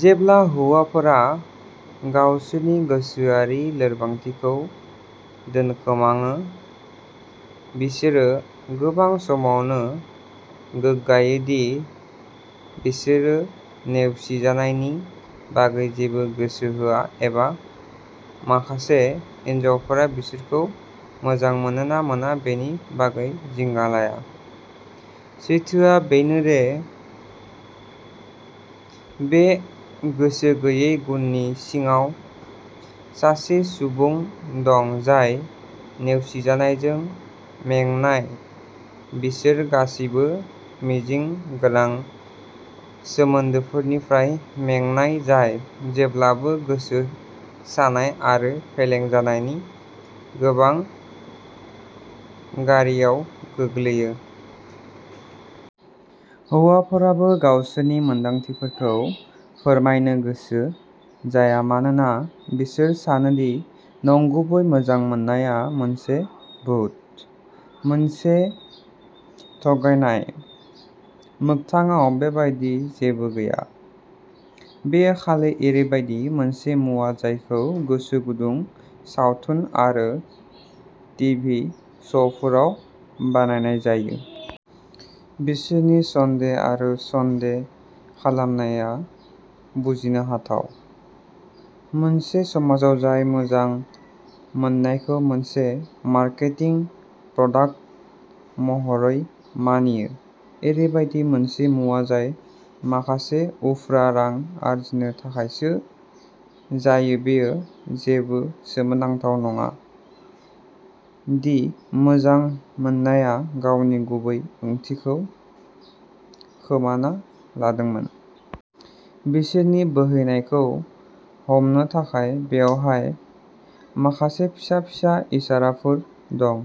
जेब्ला हौवाफोरा गावसोरनि गोसोआरि लोरबांथिखौ दोनखोमाङो, बिसोरो गोबां समावनो गोग्गायो दि बिसोरो नेवसिजानायनि बागै जेबो गोसो होआ एबा माखासे हिनजावफोरा बिसोरखौ मोजां मोनो ना मोना बेनि बागै जिंगा लाया। सैथोआ बेनो दि बे गोसो गैयै गुननि सिङाव सासे सुबुं दं जाय नेवसिजानायजों मेंनाय बिसोर गासिबो मिजिं गोनां सोमोन्दोफोरनिफ्राय मेंनाय, जाय जेब्लाबो गोसो सानाय आरो फेलें जानायनि गोबां गारियाव गोग्लैयो। हौवाफोराबो गावसोरनि मोनदांथिफोरखौ फोरमायनो गोसो जाया मानोना बिसोर सानो दि "नंगुबै मोजां मोननाया" मोनसे भुत, मोनसे थगायनाय। मोगथाङाव, बेबादि जेबो गैया। बेयो खालि ओरैबायदि मोनसे मुवा जायखौ गोसो गुदुं सावथुन आरो टिभि श'फोराव बानायनाय जायो। बिसोरनि सन्देह आरो सन्देह खालामनाया बुजिनो हाथाव। मोनसे समाजाव जाय मोजां मोननायखौ मोनसे मार्केटिं प्रडाक्ट महरै मानियो ओरैबायदि मोनसे मुवा जाय माखासे उफ्रा रां आर्जिनो थाखायसो जायो-बेयो जेबो सोमोनांथाव नङा दि मोजां मोननाया गावनि गुबै ओंथिखौ खोमाना लादोंमोन। बिसोरनि बोहैनायखौ हमनो थाखाय। बेवहाय माखासे फिसा फिसा इसाराफोर दं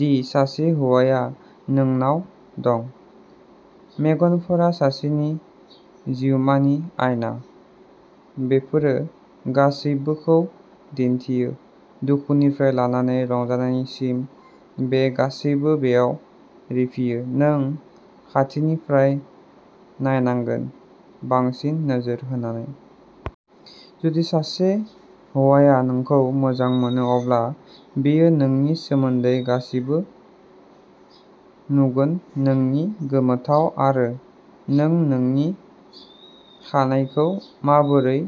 दि सासे हौवाया नोंनाव दं। मेगनफोरा सासेनि जिउमानि आइना। बेफोरो गासिबोखौ दिन्थियो दुखुनिफ्राय लानानै रंजानायसिम बे गासैबो बेयाव रिफियो। नों खाथिनिफ्राय नायनांगोन, बांसिन नोजोर होनानै। जुदि सासे हौवाया नोंखौ मोजां मोनो अब्ला बियो नोंनि सोमोन्दै गासिबो नुगोन नोंनि गोमोथाव आरो नों नोंनि खानाइखौ माबोरै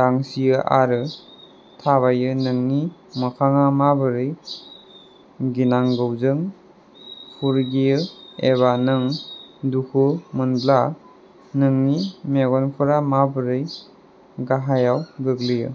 दांसियो आरो थाबायो नोंनि मोखांआ माबोरै गिनांगौजों फुरगेयो एबा नों दुखु मोनब्ला नोंनि मेगनफोरा माबोरै गाहायाव गोग्लैयो।